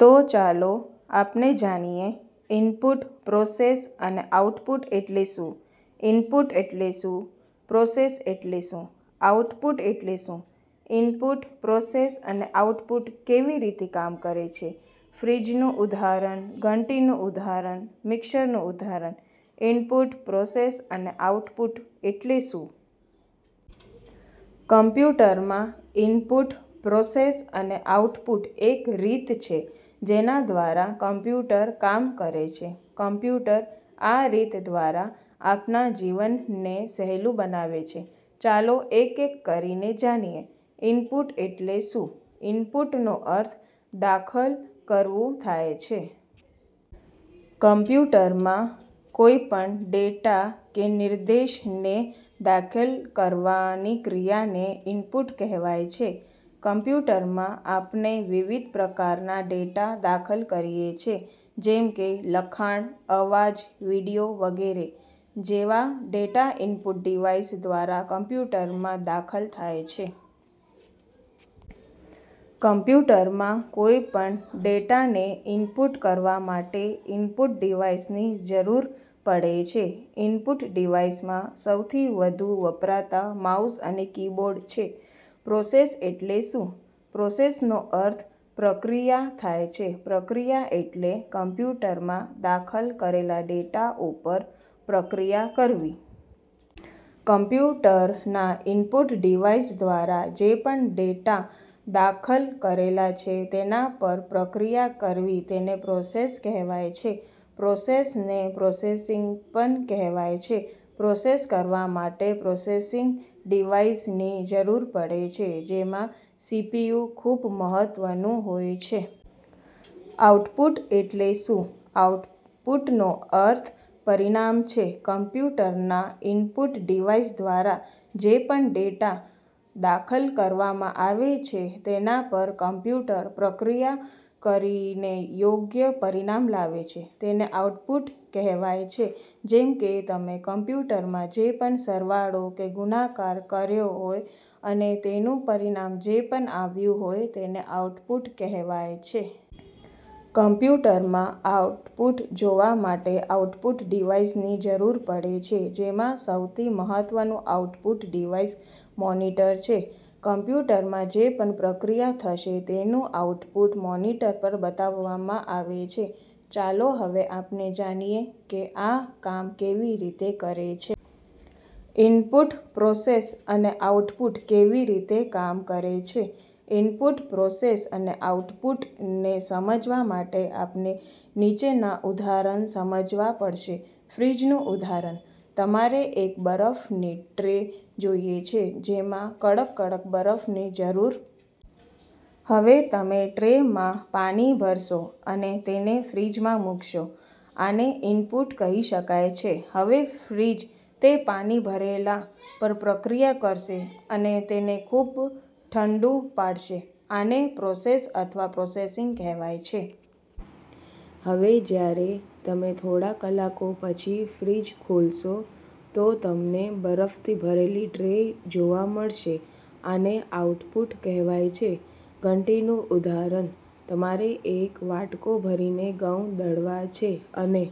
તો ચાલો આપણે જાણીએ. ઈનપુટ, પ્રોસેસ અને આઉટપુટ એટલે શું? ઈનપુટ એટલે શું? પ્રોસેસ એટલે શું? આઉટપુટ એટલે શું? ઈનપુટ, પ્રોસેસ અને આઉટપુટ કેવી રીતે કામ કરે છે? ફ્રિજનું ઉદાહરણ:- ઘંટીનું ઉદાહરણ:- મિક્ષરનું ઉદાહરણ:- ઈનપુટ, પ્રોસેસ અને આઉટપુટ એટલે શું? કમ્પ્યુટરમાં ઈનપુટ, પ્રોસેસ અને આઉટપુટ એક રીત છે જેના દ્વારા કમ્પ્યુટર કામ કરે છે. કમ્પ્યુટર, આ રીત દ્વારા આપણાં જીવનને સહેલું બનાવે છે. ચાલો એક એક કરીને જાણીએ. ઈનપુટ એટલે શું? ઈનપુટનો અર્થ દાખલ કરવું થાય છે. કમ્પ્યુટરમાં કોઈ પણ ડેટા કે નિર્દેશને દાખલ કરવાની ક્રિયાને ઈનપુટ કહેવાય છે. કમ્પ્યુટરમાં આપણે વિવિધ પ્રકારના ડેટા દાખલ કરીએ છે જેમ કે લખાણ, અવાજ, વિડિયો વગેરે જેવા ડેટા ઈનપુટ ડિવાઇસ દ્વારા કમ્પ્યુટરમાં દાખલ થાય છે. કમ્પ્યુટરમાં કોઈ પણ ડેટાને ઈનપુટ કરવા માટે ઈનપુટ ડિવાઇસની જરૂર પડે છે. ઈનપુટ ડિવાઇસમાં સૌથી વધુ વપરાતા માઉસ અને કીબોર્ડ છે. પ્રોસેસ એટલે શું? પ્રોસેસનો અર્થ પ્રક્રિયા થાય છે. પ્રક્રિયા એટલે કમ્પ્યુટરમાં દાખલ કરેલા ડેટા ઉપર પ્રક્રિયા કરવી. કમ્પ્યુટરના ઈનપુટ ડિવાઇસ દ્વારા જે પણ ડેટા દાખલ કરેલા છે તેના પર પ્રક્રિયા કરવી તેને પ્રોસેસ કહેવાય છે. પ્રોસેસને પ્રોસેસિંગ પણ કહેવાય છે. પ્રોસેસ કરવા માટે પ્રોસેસિંગ ડિવાઇસની જરૂર પડે છે. જેમાં સીપીયુ ખૂબ મહત્વનું હોય છે. આઉટપુટ એટલે શું? આઉટપુટનો અર્થ પરિણામ છે. કમ્પ્યુટરના ઈનપુટ ડિવાઇસ દ્વારા જે પણ ડેટા દાખલ કરવામાં આવે છે તેના પર કમ્પ્યુટર પ્રક્રિયા કરીને યોગ્ય પરિણામ લાવે છે તેને આઉટપુટ કહેવાય છે. જેમ કે તમે કમ્પ્યુટરમાં જે પણ સરવાળો કે ગુણાકાર કર્યો હોય અને તેનું પરિણામ જે પણ આવ્યું હોય તેને આઉટપુટ કહેવાય છે. કમ્પ્યુટરમાં આઉટપુટ જોવા માટે આઉટપુટ ડિવાઇસની જરૂર પડે છે જેમાં સૌથી મહત્વનું આઉટપુટ ડિવાઇસ મોનીટર છે. કમ્પ્યુટરમાં જે પણ પ્રક્રિયા થશે તેનું આઉટપુટ મોનીટર પર બતાવવામાં આવે છે. ચાલો હવે આપણે જાણીએ કે આ કામ કેવી રીતે કરે છે. ઈનપુટ, પ્રોસેસ અને આઉટપુટ કેવી રીતે કામ કરે છે? ઈનપુટ, પ્રોસેસ અને આઉટપુટને સમજવા માટે આપણે નીચેના ઉદાહરણ સમજવા પડશે. ફ્રિજનું ઉદાહરણ:- તમારે એક બરફની ટ્રે જોઈએ છે જેમાં કડક-કડક બરફની જરૂર છે. હવે તમે ટ્રે માં પાણી ભરશો અને તેને ફ્રિજમાં મુકશો, આને ઈનપુટ કહી શકાય છે. હવે ફ્રિજ તે પાણી ભરેલા પર પ્રક્રિયા કરશે અને તેને ખૂબ ઠંડુ પાડશે, આને પ્રોસેસ અથવા પ્રોસેસિંગ કહેવાય છે. હવે જ્યારે તમે થોડા કલાકો પછી ફ્રિજ ખોલશો તો તમને બરફથી ભરેલી ટ્રે જોવા મળશે, આને આઉટપુટ કહેવાય છે. ઘંટીનું ઉદાહરણ:- તમારે એક વાટકો ભરીને ઘઉં દળવા છે અને